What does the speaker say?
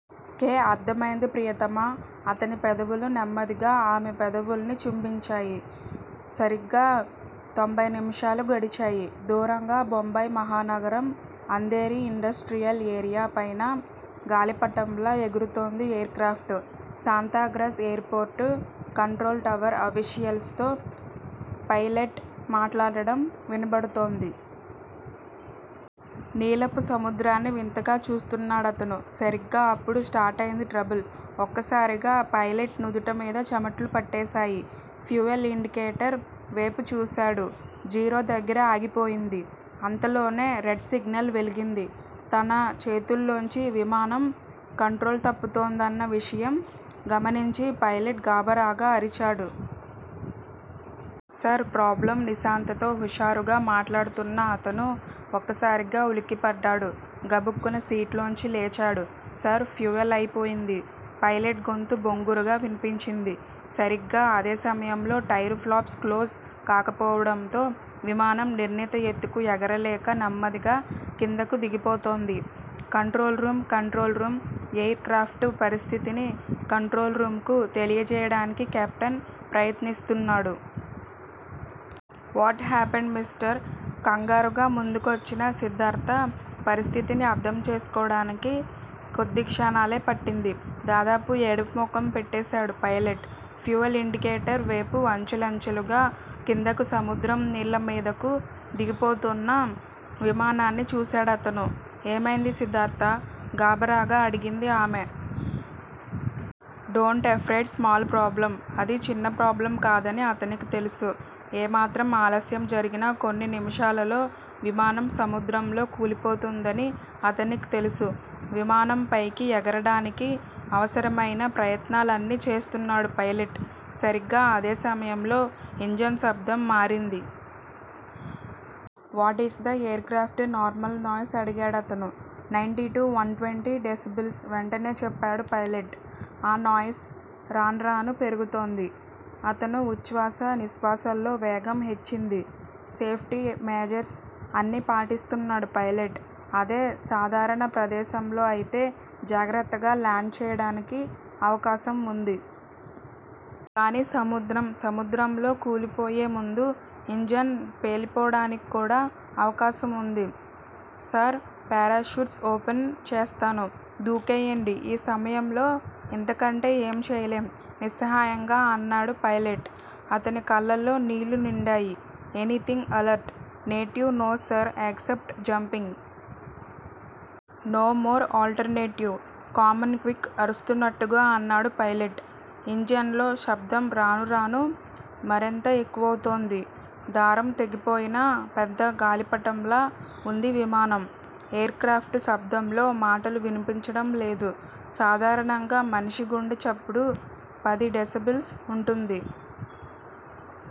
K అర్ధమైంది ప్రియతమా అతని పెదవులు నెమ్మదిగా ఆమె పెదవుల్ని చుంభించాయి. సరిగ్గా తొంభై నిమిషాలు గడిచాయి. దూరంగా బొంబాయి మహానగరం అంధేరీ ఇండస్ట్రియల్ ఏరియా పైన గాలిపటంలా ఎగురుతోంది aircraft. Santacruz airport control tower officials తో పైలెట్ మాట్లాడడం వినబడుతోంది. నీలపు సముద్రాన్ని వింతగా చూస్తున్నాడతను. సరిగ్గా అప్పుడు స్టార్టయింది ట్రబుల్. ఒక్కసారిగా పైలెట్ నుదుట మీద చెమట్లు పట్టేశాయి. ఫ్యూయల్ ఇండికేటర్ వేపు చూశాడు. జీరో దగ్గర ఆగిపోయింది. అంతలోనే రెడ్ సిగ్నల్ వెలిగింది. తన చేతుల్లోంచి విమానం కంట్రోల్ తప్పుతోందన్న విషయం గమనించి పైలెట్ గాభరాగా అరిచాడు. సర్ ప్రాబ్లమ్ నిశాంతతో హుషారుగా మాట్లాడుతున్న అతను ఒక్కసారిగా వులిక్కిపడ్డాడు. గబుక్కున సీట్లోంచి లేచాడు. సర్ ఫ్యూయల్ అయిపోయింది పైలెట్ గొంతు బొంగురుగా విన్పించింది. సరిగ్గా అదే సమయంలో టైరు ఫ్లాప్స్ క్లోజ్ కాకపోవడంతో విమానం నిర్ణీత ఎత్తుకు ఎగరలేక నెమ్మదిగా కిందకు దిగిపోతోంది. Control room control room aircraft పరిస్థితిని కంట్రోల్ రూమ్ కు తెలియచేయడానికి కెప్టెన్ ప్రయత్నిస్తున్నాడు. What happened mister? కంగారుగా ముందుకొచ్చిన సిద్ధార్ధ పరిస్థితిని అర్ధం చేసుకోడానికి కొద్ది క్షణాలే పట్టింది. దాదాపు ఏడుపు ముఖం పెట్టేశాడు పైలెట్. ఫ్యూయల్ ఇండికేటర్ వేపు అంచెలంచెలుగా కిందకు సముద్రం నీళ్ళ మీదకు దిగిపోతున్న విమానాన్ని చూశాడతను. ఏమైంది సిద్ధార్ధా? గాభరాగా అడిగింది ఆమె. డోంట్ ఎఫ్రైడ్ స్మాల్ ప్రాబ్లమ్ అది చిన్న ప్రాబ్లమ్ కాదని అతనికి తెలుసు. ఏమాత్రం ఆలస్యం జరిగినా కొన్ని నిమిషాలలో విమానం సముద్రంలో కూలిపోతుందని అతనికి తెలుసు. విమానం పైకి ఎగరడానికి అవసరమైన ప్రయత్నాలన్నీ చేస్తున్నాడు పైలెట్. సరిగ్గా అదే సమయంలో- ఇంజన్ శబ్దం మారింది. What is the aircraft normal noise అడిగాడతను. Ninety two one twenty decibels వెంటనే చెప్పాడు పైలెట్. ఆ నాయిస్ రాన్రానూ పెరుగుతోంది. అతని ఉచ్చ్వాస నిశ్వాసల్లో వేగం హెచ్చింది. సేఫ్టీ మెజర్స్ అన్నీ పాటిస్తున్నాడు పైలెట్. అదే సాధారణ ప్రదేశంలో అయితే జాగ్రత్తగా లాండ్ చేయడానికి అవకాశం వుంది. కానీ సముద్రం. సముద్రంలో కూలిపోయే ముందు ఇంజన్ పేలిపోడానిక్కూడా అవకాశం వుంది. సార్ పారాచ్యూట్స్ ఓపెన్ చేస్తాను. దూకెయ్యండి ఈ సమయంలో ఇంతకంటే ఏం చేయలేం నిస్సహాయంగా అన్నాడు పైలెట్. అతని కళ్ళల్లో నీళ్ళు నిండాయి. Anything alternative no sir except jumping. No more alternative. Come on quick అరుస్తున్నట్టుగా అన్నాడు పైలెట్. ఇంజన్ లో శబ్దం రాన్రానూ మరింత ఎక్కువవుతోంది. దారం తెగిపోయిన పెద్ద గాలిపటంలా వుంది విమానం. ఎయిర్ క్రాఫ్టు శబ్దంలో మాటలు విన్పించడం లేదు సాధారణంగా మనిషి గుండె చప్పుడు పది డెసిబల్స్ వుంటుంది.